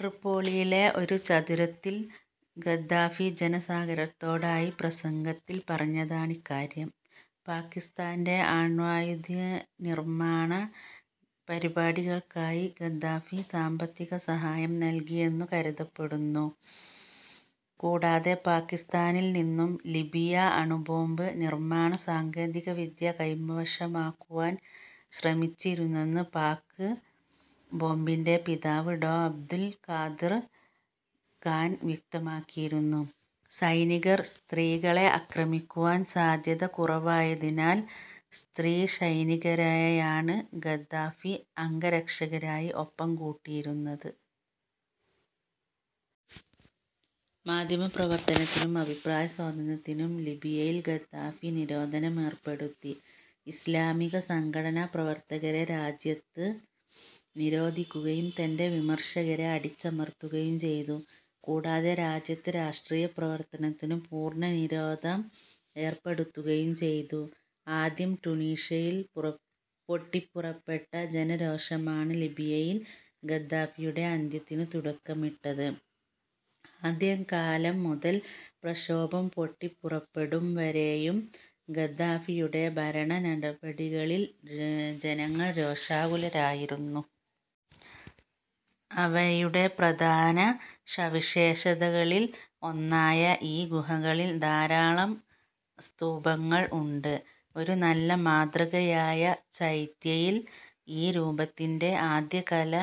ട്രിപ്പോളിയിലെ ഒരു ചത്വരത്തിൽ ഗദ്ദാഫി ജനസാഗരത്തോടായി പ്രസംഗത്തിൽ പറഞ്ഞതാണിക്കാര്യം. പാകിസ്താന്റെ അണ്വായുധനിർമ്മാണ പരിപാടികൾക്കായി ഗദ്ദാഫി സാമ്പത്തിക സഹായം നൽകിയെന്നു കരുതപ്പെടുന്നു. കൂടാതെ പാകിസ്താനിൽ നിന്നും ലിബിയ അണുബോംബ് നിർമ്മാണ സാങ്കേതികവിദ്യ കൈവശമാക്കുവാൻ ശ്രമിച്ചിരുന്നെന്ന് പാക്ക് ബോംബിന്റെ പിതാവ് ഡോ. അബ്ദുൽ ഖാദിർ ഖാൻ വ്യക്തമാക്കിയിരുന്നു. സൈനികർ സ്ത്രീകളെ ആക്രമിക്കുവാൻ സാധ്യത കുറവായതിനാൽ സ്ത്രീസൈനികരെയാണ് ഗദ്ദാഫി അംഗരക്ഷകരായി ഒപ്പം കൂട്ടിയിരുന്നത്. മാധ്യമപ്രവർത്തനത്തിനും അഭിപ്രായസ്വാതന്ത്ര്യത്തിനും ലിബിയയിൽ ഗദ്ദാഫി നിരോധനമേർപ്പെടുത്തി. ഇസ്ലാമിക സംഘടനാപ്രവർത്തകരെ രാജ്യത്ത് നിരോധിക്കുകയും തന്റെ വിമർശകരെ അടിച്ചമർത്തുകയും ചെയ്തു. കൂടാതെ രാജ്യത്ത് രാഷ്ട്രീയപ്രവർത്തനത്തിനു പൂർണ്ണ നിരോധനം ഏർപ്പെടുത്തുകയും ചെയ്തു. ആദ്യം ടുണീഷ്യയിൽ പൊട്ടിപ്പുറപ്പെട്ട ജനരോഷമാണ് ലിബിയയിൽ ഗദ്ദാഫിയുടെ അന്ത്യത്തിനു തുടക്കമിട്ടത്. ആദ്യകാലം മുതൽ പ്രഷോഭം പൊട്ടിപ്പുറപ്പെടും വരെയും ഗദ്ദാഫിയുടെ ഭരണനടപടികളിൽ ജനങ്ങൾ രോഷാകുലരായിരുന്നു. അവയുടെ പ്രധാന സവിശേഷതകളിൽ ഒന്നായ ഈ ഗുഹകളിൽ ധാരാളം സ്തൂപങ്ങൾ ഉണ്ട്. ഒരു നല്ല മാതൃകയായ ചൈത്യയിൽ ഈ രൂപത്തിന്റെ ആദ്യകാല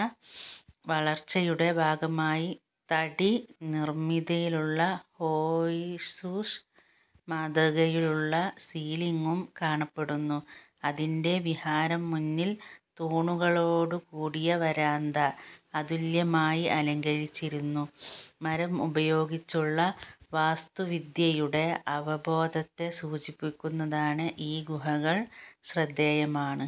വളർച്ചയുടെ ഭാഗമായി തടി നിർമ്മിതിയിലുള്ള ഹോഴ്സ്ഷൂ മാതൃകയിലുള്ള സീലിംഗും കാണപ്പെടുന്നു. അതിന്റെ വിഹാരം മുന്നിൽ തൂണുകളോടുകൂടിയ വരാന്ത അതുല്യമായി അലങ്കരിച്ചിരിക്കുന്നു. മരം ഉപയോഗിച്ചുള്ള വാസ്തുവിദ്യയുടെ അവബോധത്തെ സൂചിപ്പിക്കുന്നതിന് ഈ ഗുഹകൾ ശ്രദ്ധേയമാണ്.